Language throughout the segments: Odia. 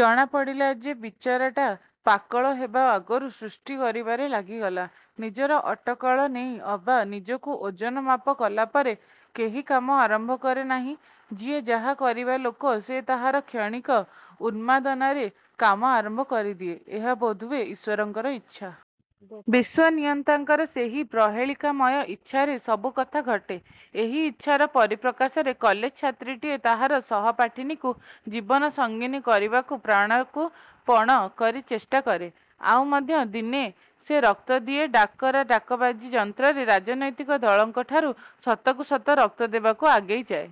ଜଣାପଡ଼ିଲା ଯେ ବିଚରାଟା ପାକଳ ହେବା ଆଗରୁ ସୃଷ୍ଟି କରିବାରେ ଲାଗିଗଲା। ନିଜର ଅଟକଳ ନେଇ ଅବା ନିଜକୁ ଓଜନମାପ କଲାପରେ କେହି କାମ ଆରମ୍ଭ କରେ ନାହିଁ। ଯିଏ ଯାହା କରିବା ଲୋକ ସେ ତାହାର କ୍ଷଣିକ ଉନ୍ମାଦନାରେ କାମ ଆରମ୍ଭ କରିଦିଏ। ଏହା ବୋଧହୁଏ ଈଶ୍ୱରଙ୍କର ଇଚ୍ଛା। ବିଶ୍ୱନିୟନ୍ତାଙ୍କର ସେହି ପ୍ରହେଳିକାମୟ ଇଚ୍ଛାରେ ସବୁ କଥା ଘଟେ। ଏହି ଇଚ୍ଛାର ପରିପ୍ରକାଶରେ କଲେଜ ଛାତ୍ରଟିଏ ତାହାର ସହପାଠିନୀକୁ ଜୀବନସଙ୍ଗୀନୀ କରିବାକୁ ପ୍ରାଣକୁ ପଣ କରି ଚେଷ୍ଟା କରେ। ଆଉ ମଧ୍ୟ ଦିନେ ସେ ରକ୍ତ ଦିଅ-ଡାକରା ଡାକବାଜି ଯନ୍ତ୍ରରେ ରାଜନୈତିକ ଦଳଙ୍କଠାରୁ ସତକୁ ସତ ରକ୍ତ ଦେବାକୁ ଆଗେଇ ଯାଏ।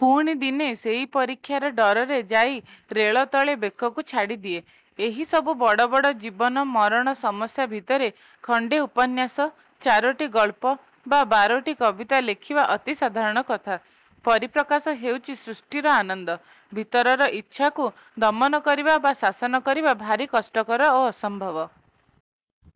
ପୁଣି ଦିନେ ସେହି ପରୀକ୍ଷାର ଡରରେ ଯାଇ ରେଳ ତଳେ ବେକକୁ ଛାଡ଼ିଦିଏ। ଏହିସବୁ ବଡ଼ ବଡ଼ ଜୀବନ-ମରଣ ସମସ୍ୟା ଭିତରେ ଖଣ୍ଡେ ଉପନ୍ୟାସ, ଚାରୋଟି ଗଳ୍ପ ବା ବାରୋଟି କବିତା ଲେଖିବା ଅତି ସାଧାରଣ କଥା। ପରିପ୍ରକାଶ ହେଉଛି ସୃଷ୍ଟିର ଆନନ୍ଦ। ଭିତରର ଇଚ୍ଛାକୁ ଦମନ କରିବା ବା ଶାସନ କରିବା ଭାରି କଷ୍ଟକର-ଅସମ୍ଭବ।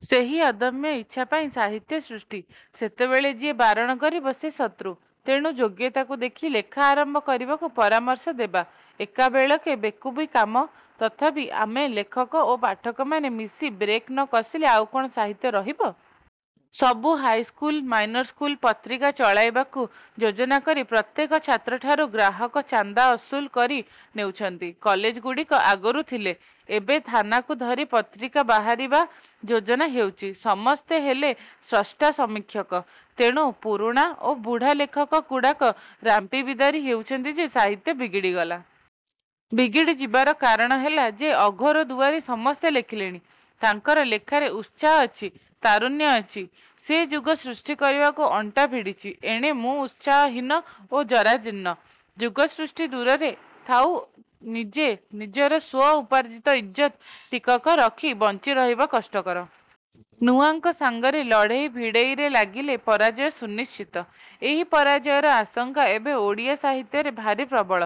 ସେହି ଅଦମ୍ୟ ଇଚ୍ଛା ପାଇଁ ସାହିତ୍ୟ ସୃଷ୍ଟି। ସେତେବେଳେ ଯିଏ ବାରଣ କରିବ-ସେ ଶତୃ। ତେଣୁ ଯୋଗ୍ୟତାକୁ ଦେଖି ଲେଖା ଆରମ୍ଭ କରିବାକୁ ପରାମର୍ଶ ଦେବା ଏକାବେଳକେ ବେକୁବି କାମ। ତଥାପି ଆମେ ଲେଖକ ଓ ପାଠକମାନେ ମିଶି ବ୍ରେକ୍ ନ କଷିଲେ ଆଉ କ'ଣ ସାହିତ୍ୟ ରହିବ? ସବୁ ହାଇସ୍କୁଲ, ମାଇନର ସ୍କୁଲ ପତ୍ରିକା ଚଳାଇବାକୁ ଯୋଜନା କରି ପ୍ରତ୍ୟେକ ଛାତ୍ରଠାରୁ ଗ୍ରାହକ ଚାନ୍ଦା ଅସୁଲ କରି ନେଉଛନ୍ତି। କଲେଜ ଗୁଡ଼ିକ ଆଗରୁ ଥିଲେ। ଏବେ ଥାନାକୁ ଧରି ପତ୍ରିକା ବାହାରିବା ଯୋଜନା ହେଉଛି। ସମସ୍ତେ ହେଲେ ସ୍ରଷ୍ଟା ସମୀକ୍ଷକ। ତେଣୁ ପୁରୁଣା ଓ ବୁଢ଼ା ଲେଖକ ଗୁଡ଼ାକ ରାମ୍ପି ବିଦାରି ହେଉଛନ୍ତି ଯେ ସାହିତ୍ୟ ବିଗିଡ଼ିଗଲା। ବିଗିଡ଼ିଯିବାର କାରଣ ହେଲା ଯେ ଅଘୋରଦୁଆରୀ ସମସ୍ତେ ଲେଖିଲେଣି। ତାଙ୍କର ଲେଖାରେ ଉତ୍ସାହ ଅଛି-ତାରୁଣ୍ୟ ଅଛି। ସେ ଯୁଗ ସୃଷ୍ଟି କରିବାକୁ ଅଣ୍ଟା ଭିଡ଼ିଛି। ଏଣେ ମୁଁ ଉତ୍ସାହ-ହୀନ ଓ ଜରାଜୀର୍ଣ୍ଣ। ଯୁଗ ସୃଷ୍ଟି ଦୂରରେ ଥାଉ ନିଜେ ନିଜର ସ୍ୱ-ଉପାର୍ଜିତ ଇଜ୍ଜତ ଟିକକ ରଖି ବଞ୍ଚି ରହିବା କଷ୍ଟକର। ନୂଆଙ୍କ ସାଙ୍ଗରେ ଲଢ଼େଇ ଭିଡ଼େଇରେ ଲାଗିଲେ ପରାଜୟ ସୁନିଶ୍ଚିତ-। ଏହି ପରାଜୟର ଆଶଙ୍କା ଏବେ ଓଡ଼ିଆ ସାହିତ୍ୟରେ ଭାରି ପ୍ରବଳ।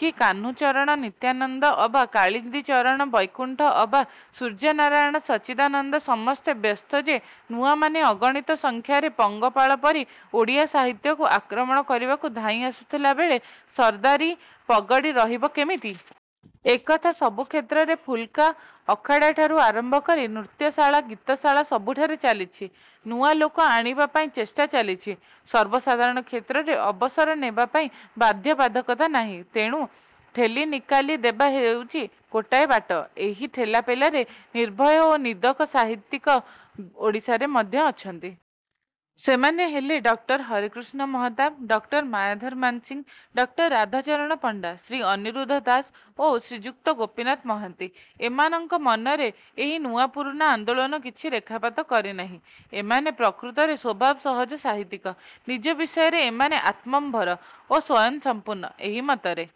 କି କାହ୍ନୁଚରଣ ନିତ୍ୟାନନ୍ଦ ଅବା କାଳିନ୍ଦୀଚରଣ ବୈକୁଣ୍ଠ ଅବା ସୂର୍ଯ୍ୟନାରାୟଣ ସଚ୍ଚିଦାନନ୍ଦ ସମସ୍ତେ ବ୍ୟସ୍ତ ଯେ ନୂଆମାନେ ଅଗଣିତ ସଂଖ୍ୟାରେ ପଙ୍ଗପାଳ ପରି ଓଡ଼ିଆ ସାହିତ୍ୟକୁ ଆକ୍ରମଣ କରିବାକୁ ଧାଇଁ ଆସୁଥିଲାବେଳେ ସର୍ଦାରି ପଗଡ଼ି ରହିବ କେମିତି? ଏକଥା। ସବୁ କ୍ଷେତ୍ରରେ ଫୁଲକା ଆଖଡ଼ାରୁ ଆରମ୍ଭ କରି ନୃତ୍ୟଶାଳା, ଗୀତଶାଳା ସବୁଠାରେ ଚାଲିଛି। ନୂଆ ଲୋକ ଆଣିବା ପାଇଁ ଚେଷ୍ଟା ଚାଲିଛି। ସର୍ବସାଧାରଣ କ୍ଷେତ୍ରରେ ଅବସର ନେବା ପାଇଁ ବାଧ୍ୟ ବାଧକତା ନାହିଁ। ତେଣୁ ଠେଲି ନିକାଲି ଦେବା ହେଉଛି ଗୋଟାଏ ବାଟ। ଏହି ଠେଲାପେଲାରେ ନିର୍ଭୟ ଓ ନିଦକ ସାହିତ୍ୟିକ ଓଡ଼ିଶାରେ ମଧ୍ୟ ଅଛନ୍ତି। ସେମାନେ ହେଲେ doctor Harekrushna Mahtab, doctor Mayadhar Mansingh, doctor Radhacharan Panda, Shri Aniruddha Das ଓ ଶ୍ରୀଯୁକ୍ତ ଗୋପୀନାଥ ମହାନ୍ତି। ଏମାନଙ୍କର ମନରେ ଏହି ନୂଆ ପୁରୁଣା ଆନ୍ଦୋଳନ କିଛି ରେଖାପାତ କରେ ନାହିଁ। ଏମାନେ ପ୍ରକୃତରେ ସ୍ୱଭାବ ସହଜ ସାହିତ୍ୟିକ-। ନିଜ ବିଷୟରେ ଏମାନେ ଆତ୍ମମ୍ଭର ଓ ସ୍ୱୟଂସଂପୂର୍ଣ୍ଣ। ଏହି ମତରେ